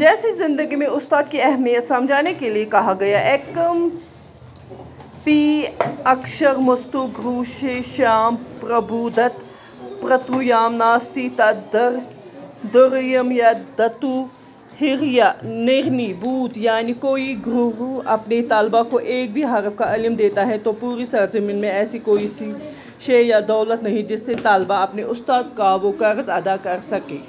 جیسے زندگی میں استاد کی اہمیت سمجھانے کے لیے کہا گیا ہے – ایکم پی اکشرمستو، گرو ششیام پربودھت۔ پرتویام ناستی تد-درویم، ید-دتّوا ہریہ نرنی بھوت۔ یعنی کوئی گرو اپنے طلباء کو ایک بھی حرف کا علم دیتا ہے تو پوری سرزمین میں ایسی کوئی شے یا دولت نہیں، جس سے طلباء اپنے استاد کا وہ قرض ادا کر سکیں۔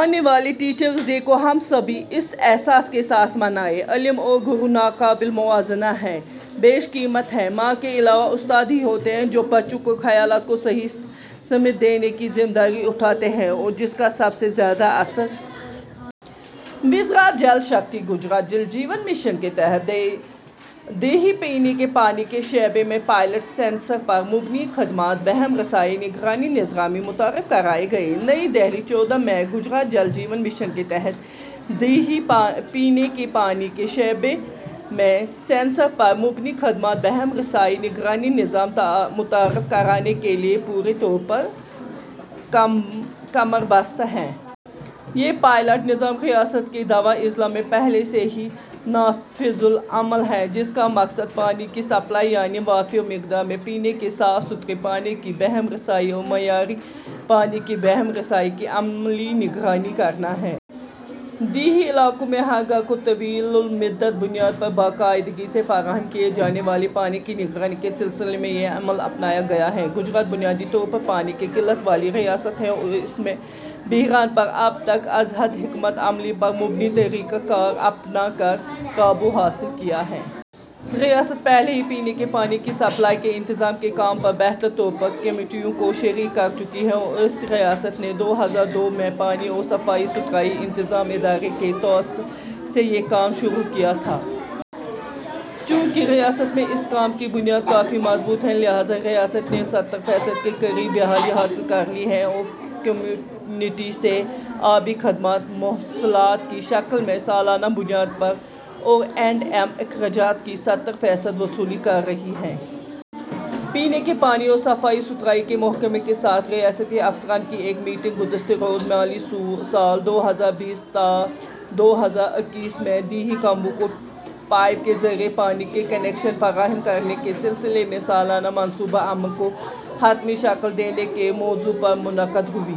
آنے والے ٹیچرس ڈے کو ہم سبھی اسی احساس کے ساتھ منائیں۔ علم اور گرو ناقابل موازنہ ہیں۔ بیش قیمت ہیں۔ ماں کے علاوہ استاد ہی ہوتے ہیں، جو بچوں کے خیالات کو صحیح سمت دینے کی ذمہ داری اٹھاتے ہیں اور جس کا سب سے زیادہ اثر۔ وزارتِ جل شکتی گجرات جل جیون مشن کے تحت دیہی پینے کے پانی کے شعبے میں پائلٹ سینسر پر مبنی خدمات بہم رسانی نگرانی نظام متعارف کرائے گا۔ نئی دہلی، چودہ مئی: گجرات جل جیون مشن کے تحت دیہی پینے کے پانی کے شعبے میں سینسر پر مبنی خدمات بہم رسانی نگرانی نظام متعارف کرانے کے لیے پورے طور پر کمربستہ ہے۔ یہ پائلٹ نظام ریاست کے دو اضلاع میں پہلے سے ہی نافذ العمل ہے، جس کا مقصد پانی کی سپلائی یعنی وافر مقدار میں پینے کے صاف ستھرے پانی کی بہم رسانی اور معیاری پانی کی بہم رسانی کی عملی نگرانی کرنا ہے۔ دیہی علاقوں میں ہر گھر کو طویل المدت بنیاد پر باقاعدگی سے فراہم کیے جانے والے پانی کی نگرانی کے سلسلے میں یہ عمل اپنایا گیا ہے۔ گجرات بنیادی طور پر پانی کی قلت والی ریاست ہے اور اس میں اس بحران پر اب تک ازحد حکمتِ عملی پر مبنی طریقہ کار اپنا کر قابو حاصل کیا ہے۔ ریاست پہلے ہی پینے کے پانی کی سپلائی کے انتظام کے کام میں بہتر طور پر کمیونٹی کو شریک کر چکی ہے اور اس ریاست نے دو ہزار دو میں پانی اور صفائی ستھرائی انتظام ادارے کے توسط سے یہ کام شروع کیا تھا۔ چونکہ ریاست میں اس کام کی بنیاد کافی مضبوط ہے لہٰذا ریاست نے ستر فیصد کے قریب بحالی حاصل کر لی ہے اور کمیونٹی سے آبی خدمات محصولات کی شکل میں سالانہ بنیاد پر او اینڈ ایم اخراجات کی ستر فیصد وصولی کر رہی ہے۔ پینے کے پانی اور صفائی ستھرائی کے محکمے کے ساتھ ریاستی افسران کی ایک میٹنگ گزشتہ روز مالی سال دو ہزار بیس تا دو ہزار اکیس میں دیہی کنبوں کو پائپ کے ذریعے پانی کے کنکشن فراہم کرنے کے سلسلے میں سالانہ منصوبۂ عمل کو حتمی شکل دینے کے موضوع پر منعقد ہوئی۔